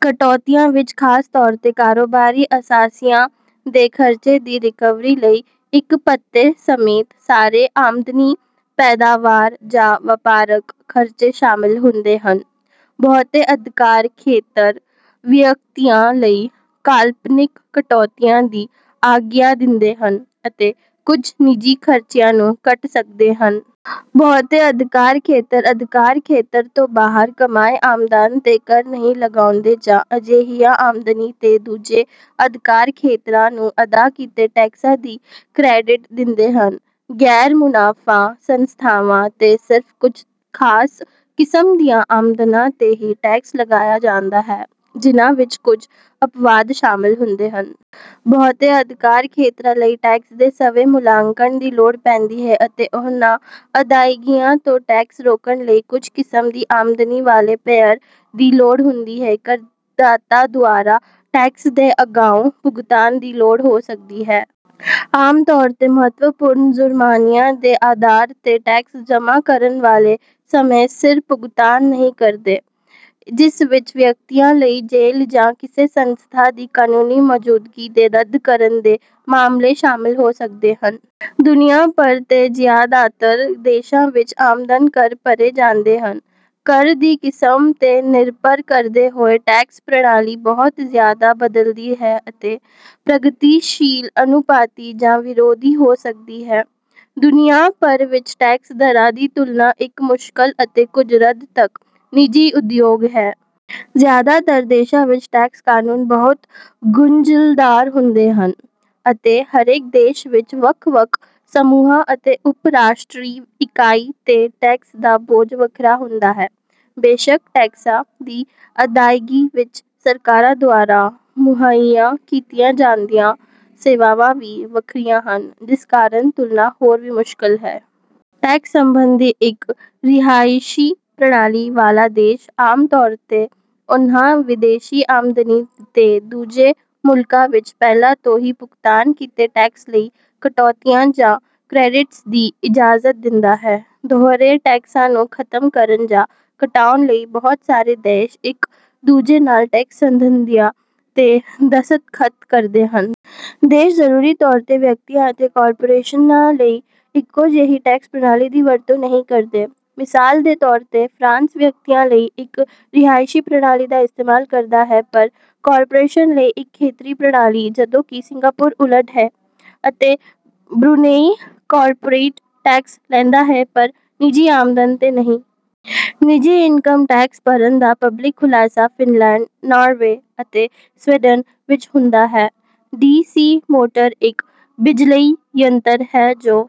ਕਟੌਤੀਆਂ ਵਿੱਚ ਖਾਸ ਤੌਰ ਤੇ ਕਾਰੋਬਾਰੀ ਅਸਾਸਿਆਂ ਦੇ ਖਰਚੇ ਦੀ ਰਿਕਵਰੀ ਲਈ ਇੱਕ ਭੱਤੇ ਸਮੇਤ ਸਾਰੇ ਆਮਦਨੀ ਪੈਦਾਵਾਰ ਜਾਂ ਵਪਾਰਕ ਖਰਚੇ ਸ਼ਾਮਲ ਹੁੰਦੇ ਹਨ। ਬਹੁਤੇ ਅਧਿਕਾਰ ਖੇਤਰ ਵਿਅਕਤੀਆਂ ਲਈ ਕਾਲਪਨਿਕ ਕਟੌਤੀਆਂ ਦੀ ਆਗਿਆ ਦਿੰਦੇ ਹਨ, ਅਤੇ ਕੁਝ ਨਿੱਜੀ ਖਰਚਿਆਂ ਨੂੰ ਕੱਟ ਸਕਦੇ ਹਨ। ਬਹੁਤੇ ਅਧਿਕਾਰ ਖੇਤਰ ਅਧਿਕਾਰ ਖੇਤਰ ਤੋਂ ਬਾਹਰ ਕਮਾਏ ਆਮਦਨ ਤੇ ਕਰ ਨਹੀਂ ਲਗਾਉਂਦੇ ਜਾਂ ਅਜਿਹੀਆਂ ਆਮਦਨੀ ਤੇ ਦੂਜੇ ਅਧਿਕਾਰ ਖੇਤਰਾਂ ਨੂੰ ਅਦਾ ਕੀਤੇ ਟੈਕਸਾਂ ਦੀ ਕ੍ਰੈਡਿਟ ਦਿੰਦੇ ਹਨ। ਗੈਰ-ਮੁਨਾਫ਼ਾ ਸੰਸਥਾਵਾਂ ਤੇ ਸਿਰਫ਼ ਕੁਝ ਖਾਸ ਕਿਸਮ ਦੀਆਂ ਆਮਦਨਾਂ ਤੇ ਹੀ ਟੈਕਸ ਲਗਾਇਆ ਜਾਂਦਾ ਹੈ, ਜਿਨ੍ਹਾਂ ਵਿੱਚ ਕੁਝ ਅਪਵਾਦ ਸ਼ਾਮਲ ਹੁੰਦੇ ਹਨ। ਬਹੁਤੇ ਅਧਿਕਾਰ ਖੇਤਰਾਂ ਲਈ ਟੈਕਸ ਦੇ ਸਵੈ-ਮੁਲਾਂਕਣ ਦੀ ਲੋੜ ਪੈਂਦੀ ਹੈ ਅਤੇ ਉਹਨਾਂ ਅਦਾਇਗੀਆਂ ਤੋਂ ਟੈਕਸ ਰੋਕਣ ਲਈ ਕੁਝ ਕਿਸਮ ਦੀ ਆਮਦਨੀ ਵਾਲੇ ਪੇਅਰ ਦੀ ਲੋੜ ਹੁੰਦੀ ਹੈ। ਕਰਦਾਤਾ ਦੁਆਰਾ ਟੈਕਸ ਦੇ ਅਗਾਊਂ ਭੁਗਤਾਨ ਦੀ ਲੋੜ ਹੋ ਸਕਦੀ ਹੈ। ਆਮ ਤੌਰ 'ਤੇ ਮਹੱਤਵਪੂਰਨ ਜ਼ੁਰਮਾਨਿਆਂ ਦੇ ਅਧਾਰ ਤੇ ਟੈਕਸ ਜਮ੍ਹਾ ਕਰਨ ਵਾਲੇ ਸਮੇਂ ਸਿਰ ਭੁਗਤਾਨ ਨਹੀਂ ਕਰਦੇ, ਜਿਸ ਵਿੱਚ ਵਿਅਕਤੀਆਂ ਲਈ ਜੇਲ੍ਹ ਜਾਂ ਕਿਸੇ ਸੰਸਥਾ ਦੀ ਕਾਨੂੰਨੀ ਮੌਜੂਦਗੀ ਦੇ ਰੱਦ ਕਰਨ ਦੇ ਮਾਮਲੇ ਸ਼ਾਮਲ ਹੋ ਸਕਦੇ ਹਨ। ਦੁਨੀਆਭਰ ਦੇ ਜ਼ਿਆਦਾਤਰ ਦੇਸ਼ਾਂ ਵਿੱਚ ਆਮਦਨ ਕਰ ਭਰੇ ਜਾਂਦੇ ਹਨ। ਕਰ ਦੀ ਕਿਸਮ ਤੇ ਨਿਰਭਰ ਕਰਦੇ ਹੋਏ, ਟੈਕਸ ਪ੍ਰਣਾਲੀ ਬਹੁਤ ਜ਼ਿਆਦਾ ਬਦਲਦੀ ਹੈ ਅਤੇ ਪ੍ਰਗਤੀਸ਼ੀਲ, ਅਨੁਪਾਤੀ, ਜਾਂ ਵਿਰੋਧੀ ਹੋ ਸਕਦੀ ਹੈ। ਦੁਨੀਆਭਰ ਵਿੱਚ ਟੈਕਸ ਦਰਾਂ ਦੀ ਤੁਲਨਾ ਇੱਕ ਮੁਸ਼ਕਲ ਅਤੇ ਕੁਝ ਹੱਦ ਤੱਕ ਨਿੱਜੀ ਉਦਯੋਗ ਹੈ। ਜ਼ਿਆਦਾਤਰ ਦੇਸ਼ਾਂ ਵਿੱਚ ਟੈਕਸ ਕਾਨੂੰਨ ਬਹੁਤ ਗੁੰਝਲਦਾਰ ਹੁੰਦੇ ਹਨ, ਅਤੇ ਹਰੇਕ ਦੇਸ਼ ਵਿੱਚ ਵੱਖ-ਵੱਖ ਸਮੂਹਾਂ ਅਤੇ ਉੱਪ-ਰਾਸ਼ਟਰੀ ਇਕਾਈ ਤੇ ਟੈਕਸ ਦਾ ਬੋਝ ਵੱਖਰਾ ਹੁੰਦਾ ਹੈ। ਬੇਸ਼ੱਕ, ਟੈਕਸਾਂ ਦੀ ਅਦਾਇਗੀ ਵਿੱਚ ਸਰਕਾਰਾਂ ਦੁਆਰਾ ਮੁਹੱਈਆ ਕੀਤੀਆਂ ਜਾਂਦੀਆਂ ਸੇਵਾਵਾਂ ਵੀ ਵੱਖਰੀਆਂ ਹਨ, ਜਿਸ ਕਾਰਨ ਤੁਲਨਾ ਹੋਰ ਵੀ ਮੁਸ਼ਕਿਲ ਹੈ। ਟੈਕਸ ਸਬੰਧੀ ਇੱਕ ਰਿਹਾਇਸ਼ੀ ਪ੍ਰਣਾਲੀ ਵਾਲਾ ਦੇਸ਼ ਆਮ ਤੌਰ 'ਤੇ ਉਨ੍ਹਾਂ ਵਿਦੇਸ਼ੀ ਆਮਦਨੀ ਤੇ ਦੂਜੇ ਮੁਲਕਾਂ ਵਿੱਚ ਪਹਿਲਾਂ ਤੋਂ ਹੀ ਭੁਗਤਾਨ ਕੀਤੇ ਟੈਕਸ ਲਈ ਕਟੌਤੀਆਂ ਜਾਂ ਕ੍ਰੈਡਿਟਸ ਦੀ ਇਜਾਜ਼ਤ ਦਿੰਦਾ ਹੈ। ਦੋਹਰੇ ਟੈਕਸਾਂ ਨੂੰ ਖਤਮ ਕਰਨ ਜਾਂ ਘਟਾਉਣ ਲਈ ਬਹੁਤ ਸਾਰੇ ਦੇਸ਼ ਇੱਕ ਦੂਜੇ ਨਾਲ ਟੈਕਸ ਸੰਧੀਆਂ ਤੇ ਦਸਤਖਤ ਕਰਦੇ ਹਨ। ਦੇਸ਼ ਜ਼ਰੂਰੀ ਤੌਰ 'ਤੇ ਵਿਅਕਤੀਆਂ ਅਤੇ ਕਾਰਪੋਰੇਸ਼ਨਾਂ ਲਈ ਇੱਕੋ ਜਿਹੀ ਟੈਕਸ ਪ੍ਰਣਾਲੀ ਦੀ ਵਰਤੋਂ ਨਹੀਂ ਕਰਦੇ। ਮਿਸਾਲ ਦੇ ਤੌਰ ਤੇ, ਫਰਾਂਸ ਵਿਅਕਤੀਆਂ ਲਈ ਇੱਕ ਰਿਹਾਇਸ਼ੀ ਪ੍ਰਣਾਲੀ ਦਾ ਇਸਤੇਮਾਲ ਕਰਦਾ ਹੈ ਪਰ ਕਾਰਪੋਰੇਸ਼ਨਾਂ ਲਈ ਇੱਕ ਖੇਤਰੀ ਪ੍ਰਣਾਲੀ, ਜਦੋਂ ਕਿ ਸਿੰਗਾਪੁਰ ਉਲਟ ਹੈ, ਅਤੇ ਬਰੂਨੇਈ ਕਾਰਪੋਰੇਟ ਟੈਕਸ ਲੈਂਦਾ ਹੈ ਪਰ ਨਿੱਜੀ ਆਮਦਨ ਤੇ ਨਹੀਂ। ਨਿੱਜੀ ਇਨਕਮ ਟੈਕਸ ਭਰਨ ਦਾ ਪਬਲਿਕ ਖੁਲਾਸਾ ਫਿਨਲੈਂਡ, ਨਾਰਵੇ ਅਤੇ ਸਵੀਡਨ ਵਿੱਚ ਹੁੰਦਾ ਹੈ। ਡੀ ਸੀ ਮੋਟਰ ਇੱਕ ਬਿਜਲਈ ਯੰਤਰ ਹੈ ਜੋ...